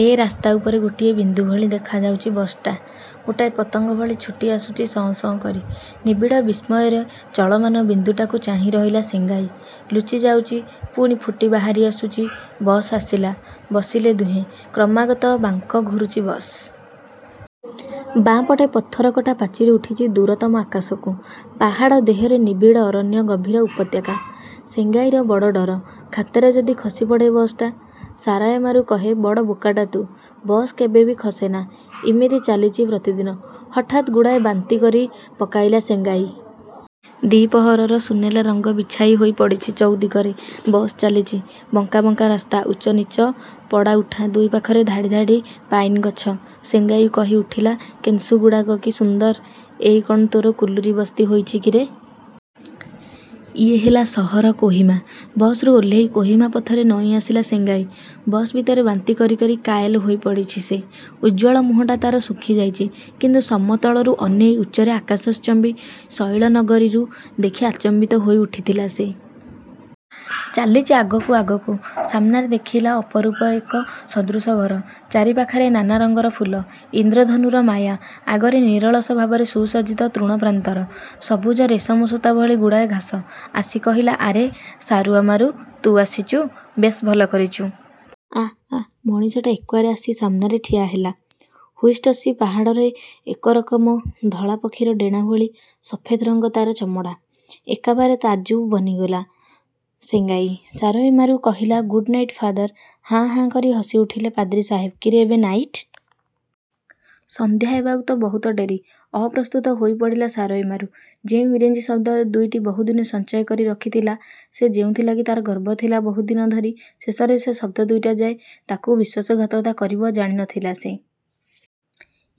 ଏ ରାସ୍ତା ଉପରେ ଗୋଟିଏ ବିନ୍ଦୁ ଭଳି ଦେଖାଯାଉଚି ବସ୍ଟା। ଗୋଟାଏ ପତଙ୍ଗ ଭଳି ଛୁଟିଆସୁଛି ସଁ ସଁ କରି। ନିବିଡ଼ ବିସ୍ମୟରେ ଚଳମାନ ବିନ୍ଦୁଟାକୁ ଚାହିଁ ରହିଲା ସେଙ୍ଗାଇ। ଲୁଚି ଯାଉଚି, ପୁଣି ଫୁଟି ବାହାରି ଆସୁଚି। ବସ୍ ଆସିଲା, ବସିଲେ ଦୁହେଁ। କ୍ରମାଗତ ବାଙ୍କ ଘୁରୁଚି ବସ୍। ବାଁ ପଟେ ପଥର କଟା ପାଚିରୀ ଉଠିଚି ଦୂରତମ ଆକାଶକୁ। ପାହାଡ଼ ଦେହରେ ନିବିଡ଼ ଅରଣ୍ୟ, ଗଭୀର ଉପତ୍ୟକା। ସେଙ୍ଗାଇର ବଡ଼ ଡ଼ର, ଖାତରେ ଯଦି ଖସିପଡ଼େ ବସ୍ଟା। ସାରାୟାମାରୁ କହେ ବଡ଼ ବୋକାଟା ତୁ। ବସ କେବେବି ଖସେନା, ଇମିତି ଚାଲିଚି ପ୍ରତିଦିନ। ହଠାତ୍ ଗୁଡ଼ାଏ ବାନ୍ତି କରି ପକାଇଲା ସେଙ୍ଗାଇ। ଦିପହରର ସୁନେଲା ରଙ୍ଗ ବିଛାଇ ହୋଇ ପଡ଼ିଛି ଚଉଦିଗରେ। ବସ୍ ଚାଲିଚି। ବଙ୍କା ବଙ୍କା ରାସ୍ତା। ଉଚ୍ଚନୀଚ, ପଡ଼ା ଉଠା। ଦୁଇ ପାଖରେ ଧାଡ଼ି ଧାଡ଼ି ପାଇନଗଛ। ସେଙ୍ଗାଇ କହିଉଠିଲା କେସୁଂ ଗୁଡ଼ାକ କି ସୁନ୍ଦର। ଏଇ କ'ଣ ତୋର କୁଲୁରୀ ବସ୍ତି ହୋଇଚି କିରେ! ଇଏ ହେଲା ସହର କୋହିମା। ବସରୁ ଓହ୍ଲେଇ କୋହିମା ପଥରେ ନଇଁ ଆସିଲା ସେଙ୍ଗାଇ। ବସ ଭିତରେ ବାନ୍ତି କରି କରି କାଏଲ୍ ହୋଇପଡ଼ିଛି ସେ। ଉଜ୍ଜ୍ୱଳ ମୁହଁଟା ତାର ଶୁଖିଯାଇଛି କିନ୍ତୁ ସମତଳରୁ ଅନେକ ଉଚ୍ଚରେ ଆକାଶଶ୍ଚମ୍ବୀ ଶୈଳନଗରୀକୁ ଦେଖି ଆଚମ୍ବିତ ହୋଇଉଠିଥିଲା ସେ। ଚାଲିଚି ଆଗକୁ ଆଗକୁ। ସାମନାରେ ଦେଖିଲା ଅପରୂପ ଏକ ସଦୃଶ ଘର। ଚାରିପାଖରେ ନାନା ରଙ୍ଗର ଫୁଲ। ଇନ୍ଦ୍ରଧନୁର ମାୟା। ଆଗରେ ନିରଳସ ଭାବରେ ସୁସଜ୍ଜିତ ତୃଣପ୍ରାନ୍ତର। ସବୁଜ ରେଶମ ସୂତା ଭଳି ଗୁଡ଼ାଏ ଘାସ। ଆସି କହିଲା ଆରେ ସାରୁଆମାରୁ! ତୁ ଆସିଚୁ? ବେଶ ଭଲ କରିଚୁ। ଆ ଆ। ମଣିଷଟା ଏକ୍ବାରେ ଆସି ସାମନାରେ ଠିଆହେଲା। ହୁଇସ୍ଟସି ପାହାଡ଼ର ଏକରକମ ଧଳା ପକ୍ଷୀର ଡ଼େଣା ଭଳି ସଫେତ ରଙ୍ଗ ତାର ଚମଡ଼ା। ଏକବାରେ ତାଜୁବ ବନିଗଲା ସେଙ୍ଗାଇ। ସାରୁୟାମାରୁ କହିଲା ଗୁଡ଼ନାଇଟ୍ ଫାଦର। ହାଁ ହାଁ କରି ହସିଉଠିଲେ ପାଦ୍ରୀ ସାହେବ କିରେ ଏବେ ନାଇଟ! ସନ୍ଧ୍ୟା ହେବାକୁ ତ ବହୁତ ଡେରି! ଅପ୍ରସ୍ତୁତ ହୋଇପଡ଼ିଲା ସାରୁୟାମାରୁ। ଯେଉଁ ଇଂରେଜୀ ଶବ୍ଦ ଦୁଇଟି ବହୁଦିନୁ ସଞ୍ଚୟ କରିରଖିଥିଲା ସେ, ଯେଉଁଥିଲାଗି ତାର ଗର୍ବ ଥିଲା ବହୁଦିନ ଧରି, ଶେଷରେ ସେ ଶବ୍ଦ ଦୁଇଟା ଯେ ତାକୁ ବିଶ୍ୱାସଘାତକତା କରିବେ ଜାଣି ନଥିଲା ସେ।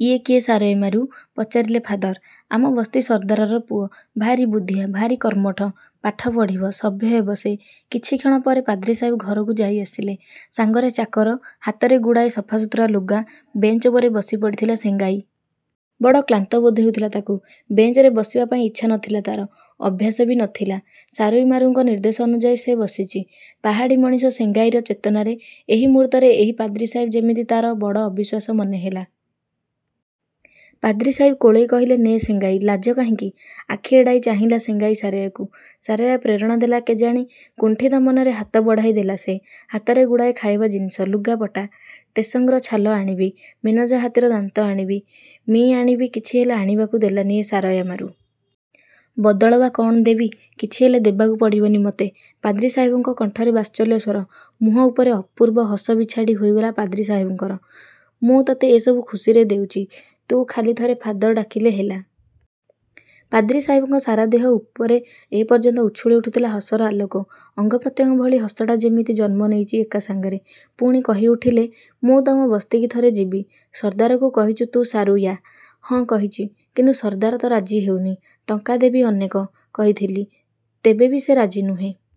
ଇଏ କିଏ ସାରୁୟାମାରୁ! ପଚାରିଲେ ଫାଦର। ଆମ ବସ୍ତି ସର୍ଦ୍ଦାରର ପୁଅ। ଭାରି ବୁଦ୍ଧିଆ, ଭାରି କର୍ମଠ। ପାଠ ପଢ଼ିବ, ସଭ୍ୟ ହେବ ସେ। କିଛିକ୍ଷଣ ପରେ ପାଦ୍ରୀ ସାହେବ ଘରକୁ ଯାଇ ଆସିଲେ। ସାଙ୍ଗରେ ଚାକର। ହାତରେ ଗୁଡ଼ାଏ ସଫାସୁତୁରା ଲୁଗା। ବେଞ୍ଚ ଉପରେ ବସି ପଡ଼ିଥିଲା ସେଙ୍ଗାଇ। ବଡ଼ କ୍ଳାନ୍ତ ବୋଧ ହେଉଥିଲା ତାକୁ। ବେଞ୍ଚରେ ବସିବା ପାଇଁ ଇଚ୍ଛା ନ ଥିଲା ତାର। ଅଭ୍ୟାସ ବି ନ ଥିଲା। ସାରୁୟାମାରୁଙ୍କ ନିର୍ଦ୍ଦେଶ ଅନୁଯାୟୀ ସେ ବସିଚି। ପାହାଡ଼ୀ ମଣିଷ ସେଙ୍ଗାଇର ଚେତନାରେ ଏହି ମୁହୂର୍ତ୍ତରେ ଏହି ପାଦ୍ରୀ ସାହେବ ଯେମିତି ତାର ବଡ଼ ଅବିଶ୍ୱାସ୍ୟ ମନେ ହେଲା। ପାଦ୍ରୀ ସାହେବ କୋଳେଇ କହିଲେ ନେ ସେଙ୍ଗାଇ, ଲାଜ କାହିଁକି? ଆଖି ଆଡ଼େଇ ଚାହିଁଲା ସେଙ୍ଗାଇ ସାରୁୟାକୁ। ସାରୁୟାକୁ କି ପ୍ରେରଣାଦେଲା କେଜାଣି, କୁଣ୍ଠିତ ମନରେ ହାତ ବଢ଼ାଇ ଦେଲା ସେ। ହାତରେ ଗୁଡ଼ାଏ ଖାଇବା ଜିନିଷ, ଲୁଗାପଟା। ଟେସଙ୍ଗର ଛାଲ ଆଣିବି, ମେନଜୋ ହାତୀର ଦାନ୍ତ ଆଣିବି, ମି ଆଣିବି କିଛି ହେଲେ ଆଣିବାକୁ ଦେଲାନି ଏ ସାରୁୟାମାରୁ। ବଦଳ ବା କ'ଣ ଦେବି? ''କିଛି ହେଲେ ଦେବାକୁ ପଡ଼ିବିନି ମତେ'' ପାଦ୍ରୀ ସାହେବଙ୍କ କଣ୍ଠରେ ବାତ୍ସଲ୍ୟସ୍ୱର। ମୁହଁ ଉପରେ ଅପୂର୍ବ ହସ ବିଛାଡ଼ି ହୋଇଗଲା ପାଦ୍ରୀ ସାହେବଙ୍କର। ମୁଁ ତତେ ଏସବୁ ଖୁସିରେ ଦେଉଚି, ତୁ ଖାଲି ଥରେ ଫାଦର ଡାକିଲେ ହେଲା। ପାଦ୍ରୀ ସାହେବଙ୍କ ସାରା ଦେହ ଉପରେ ଏପର୍ଯ୍ୟନ୍ତ ଉଛୁଳି ଉଠୁଥିଲା ହସର ଆଲୋକ। ଅଙ୍ଗପ୍ରତ୍ୟଙ୍ଗ ଭଳି ହସଟା ଯେମିତି ଜନ୍ମ ନେଇଚି ଏକା ସାଙ୍ଗରେ। ପୁଣି କହିଉଠଲେ, ''ମୁଁ ତମ ବସ୍ତିକି ଥରେ ଯିବି, ସର୍ଦ୍ଦାରକୁ କହିଚୁ ତ ସାରୁୟା!'' ହଁ କହିଚି, କିନ୍ତୁ ସର୍ଦ୍ଦାର ତ ରାଜି ହେଉନି। ଟଙ୍କା ଦେବି ଅନେକ। କହିଥିଲି। ତେବେ ବି ସେ ରାଜି ନୁହେଁ।